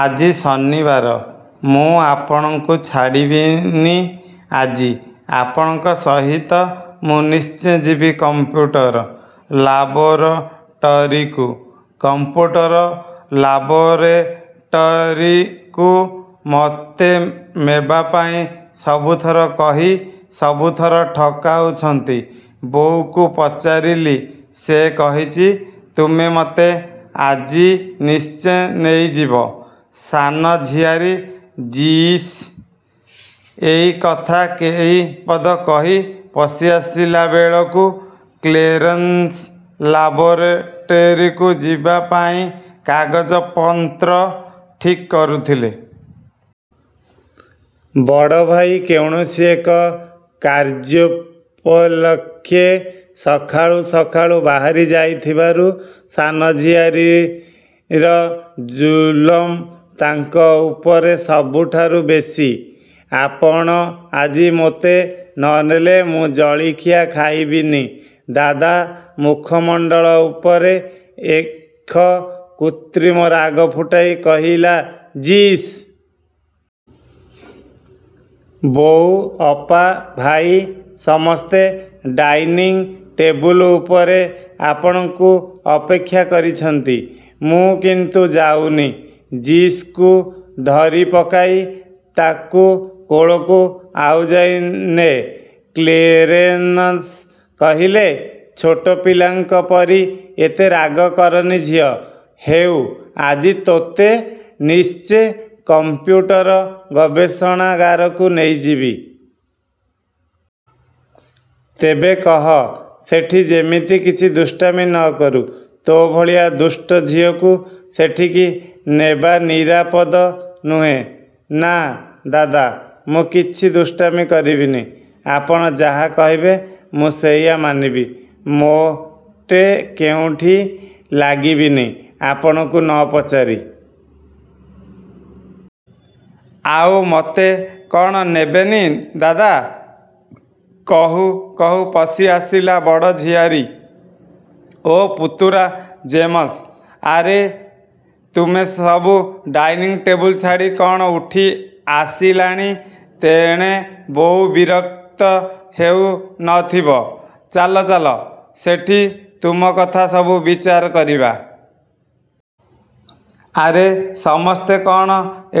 ଆଜି ଶନିବାର, ମୁଁ ଆପଣଙ୍କୁ ଛାଡ଼ିବିନି ଆଜି। ଆପଣଙ୍କ ସହିତ ମୁଁ ନିଶ୍ଚେ ଯିବି କଂପ୍ୟୁଟର ଲାବୋରେଟରୀକୁ। କଂପ୍ୟୁଟର ଲାବୋରେଟରୀକୁ ମୋତେ ମେବା ପାଇଁ ସବୁ ଥର କହି ସବୁ ଥର ଠକାଉଛନ୍ତି। ବୋଉକୁ ପଚାରିଲି, ସେ କହିଛି, ତୁମେ ମୋତେ ଆଜିନିଶ୍ଚେ ନେଇଯିବ। ସାନ ଝିଆରୀ ଜୟିସ୍ ଏଇ କଥା କେଇ ପଦ କହି ପଶି ଆସିଲାବେଳେକୁ କ୍ଳେରେନସ୍ ଲାବୋରେଟରୀକୁ ଯିବାପାଇଁ କାଗଜପନ୍ତ୍ର ଠିକ୍ କରୁଥିଲେ। ବଡ଼ ଭାଇ କୌଣସି ଏକ କାର୍ଯ୍ୟୋପଲକ୍ଷେ ସକାଳୁ ସକାଳୁ ବାହାରି ଯାଇଥିବାରୁ ସାନ ଝିଆରୀର ଜୁଲମ ତାଙ୍କ ଉପରେ ସବୁଠାରୁ ବେଶୀ ଆପଣ ଆଜି ମୋତେ ନ ନେଲେ ମୁଁ ଜଳଖିଆ ଖାଇବିନି ଦାଦା ମୁଖମଣ୍ଡଳ ଉପରେ ଏଖ କୃତ୍ରିମ ରାଗ ଫୁଟାଇ କହିଲା ଜୟିସ୍। ବୋଉ, ଅପା, ଭାଇ, ସମସ୍ତେ ଡାଇନିଂ ଟେବୁଲ ଉପରେ ଆପଣଙ୍କୁ ଅପେକ୍ଷା କରିଛନ୍ତି, ମୁଁ କିନ୍ତୁ ଯାଉନି। ଜୟିସକୁ ଧରିପକାଇ ତାକୁ କୋଳକୁ ଆଉଯାଇ ନେ କ୍ଳେରେନସ୍ କହିଲେ, ଛୋଟ ପିଲାଙ୍କ ପରି ଏତେ ରାଗ କରନି ଝିଅ। ହେଉ, ଆଜି ତୋତେ ନିଶ୍ଚେ କଂପ୍ୟୁଟର ଗବେଷଣାଗାରକୁ ନେଇଯିବି। ତେବେ କହ, ସେଠି ଯେମିତି କିଛି ଦୁଷ୍ଟାମି ନ କରୁ। ତୋ ଭଳିଆ ଦୁଷ୍ଟ ଝିଅକୁ ସେଠିକି ନେବାନିରାପଦ ନୁହେଁ। 'ନା, ଦାଦା, ମୁଁ କିଛି ଦୁଷ୍ଟାମି କରିବିନି। ଆପଣ ଯାହା କହିବେ, ମୁଁ ସେଇଆ ମାନିବି। ମୋ ଟେ କେଉଁଠି ଲାଗିବିନି, ଆପଣଙ୍କୁ ନ ପଚାରି। ଆଉ ମୋତେ କ'ଣ ନେବେନି, ଦାଦା' କହୁ କହୁ ପଶି ଆସିଲା ବଡ଼। ଝିଆରୀ ଓ ପୁତୁରା ଜେମସ୍। 'ଆରେ, ତୁମେ ସବୁ ଡାଇନିଂ ଟେବୁଲ ଛାଡ଼ି କ'ଣ ଉଠି ଆସିଲାଣି। ତେଣେ ବୋଉ ବିରକ୍ତ ହେଉ ନ ଥିବ? ଚାଲ ଚାଲ, ସେଠି ତୁମ କଥା ସବୁ ବିଚାର କରିବା। ଆରେ ସମସ୍ତେ କ'ଣ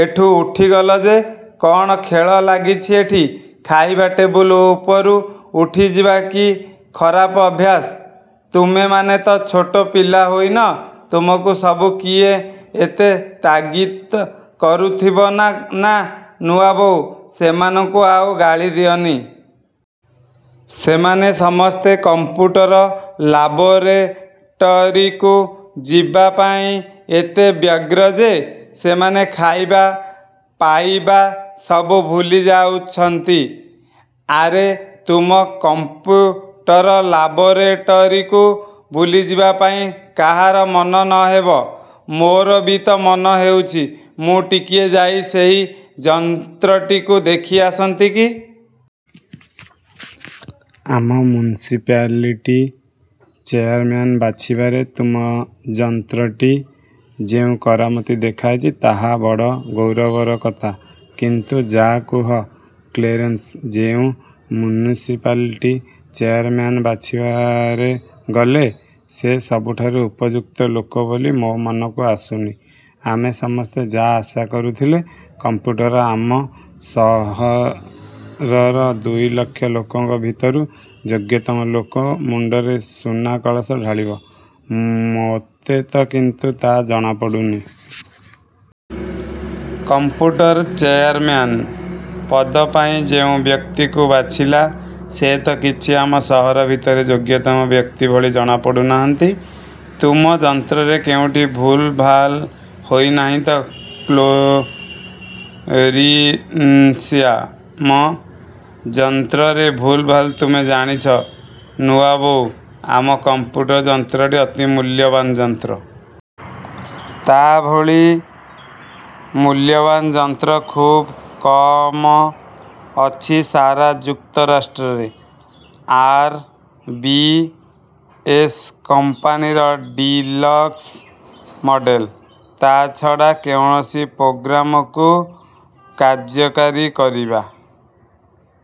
ଏଠୁ ଉଠିଗଲ ଯେ? କ'ଣ ଖେଳ ଲାଗିଛି ଏଠି? ଖାଇବା ଟେବୁଲ ଉପରୁ ଉଠିଯିବା କି ଖରାପ ଅଭ୍ୟାସ। ତୁମେମାନେ ତ ଛୋଟ ପିଲା ହୋଇନ। ତୁମକୁ ସବୁ କିଏ ଏତେ ତାଗିତ କରୁଥିବ। ନା, ନା, ନୂଆବୋଉ, ସେମାନଙ୍କୁ ଆଉ ଗାଳି ଦିଅନି। ସେମାନେ ସମସ୍ତେ କଂପ୍ୟୁଟର ଲାବୋରେଟରୀକୁ ଯିବା ପାଇଁ ଏତେ ବ୍ୟଗ୍ର ଯେ, ସେମାନେ ଖାଇବା ପାଇବା ସବୁ ଭୁଲି ଯାଉଛନ୍ତି-। ଆରେ, ତୁମ କଂପ୍ୟୁଟର ଲାବୋରେଟରୀକୁ ବୁଲିଯିବା ପାଇଁ କାହାର ମନ ନ ହେବ? ମୋର ବି ତ ମନ ହେଉଛି, ମୁଁ ଟିକିଏ ଯାଇ ସେଇ ଯନ୍ତ୍ରଟିକୁ ଦେଖି ଆସନ୍ତି କି? ଆମ ମ୍ୟୁନିସିପାଲିଟି ଚେୟାରମ୍ୟାନ ବାଛିବାରେ ତୁମ ଯନ୍ତ୍ରଟି ଯେଉଁ କରାମିତ ଦେଖାଇଛି, ତାହା ବଡ଼ ଗୌରବର କଥା। କିନ୍ତୁ ଯା' କୁହ କ୍ଳେରେନ୍ସ, ଯେଉଁ ମ୍ୟୁନିସିପାଲିଟି ଚେୟାରମ୍ୟାନ ବାଛିବାରେ ଗଲେ, ସେ ସବୁଠାରୁ ଉପଯୁକ୍ତ ଲୋକ ବୋଲି ମୋ ମନକୁ ଆସୁନି। ଆମେ ସମସ୍ତେ ଯା' ଆଶା କରୁଥିଲୁ କଂପ୍ୟୁଟର ଆମ ସହରର ଦୁଇଲକ୍ଷ ଲୋକଙ୍କ ଭିତରୁ ଯୋଗ୍ୟତମ ଲୋକ ମୁଣ୍ଡରେ ସୁନା କଳସି ଢାଳିବ ମୋତେ ତ କିନ୍ତୁ ତା ଜଣା ପଡ଼ୁନି। କଂପ୍ୟୁଟର ଚେୟାରମ୍ୟାନ ପଦ ପାଇଁ ଯେଉଁ ବ୍ୟକ୍ତିକୁ ବାଛିଲା, ସେ ତ କିଛି ଆମ ସହର ଭିତରେ ଯୋଗ୍ୟତମ ବ୍ୟକ୍ତି ଭଳି ଜଣା ପଡ଼ୁନାହାନ୍ତି। ତୁମ ଯନ୍ତ୍ରରେ କେଉଁଠି ଭୁଲଭାଲ ହୋଇ ନାହିଁ ତ କ୍ଳେରେନସ୍ଆ ମ ଯନ୍ତ୍ରରେ ଭୁଲଭାଲ ତୁମେ ଜାଣିଛ ନୂଆବୋଉ, ଆମ କଂପ୍ୟୁଟର ଯନ୍ତ୍ରଟି ଅତି ମୂଲ୍ୟବାନ ଯନ୍ତ୍ର। ତା ଭଳି ମୂଲ୍ୟବାନ ଯନ୍ତ୍ର ଖୁବ୍ କମ ଅଛି ସାରା ଯୁକ୍ତରାଷ୍ଟ୍ରରେ। ଆଇ. ବି. ଏମ୍ କମ୍ପାନୀର ଡିଲକସ୍ ମଡେଲ। ତା'ଛଡ଼ା କୌଣସି ପ୍ରୋଗ୍ରାମକୁ କାର୍ଯ୍ୟକାରୀ କରିବା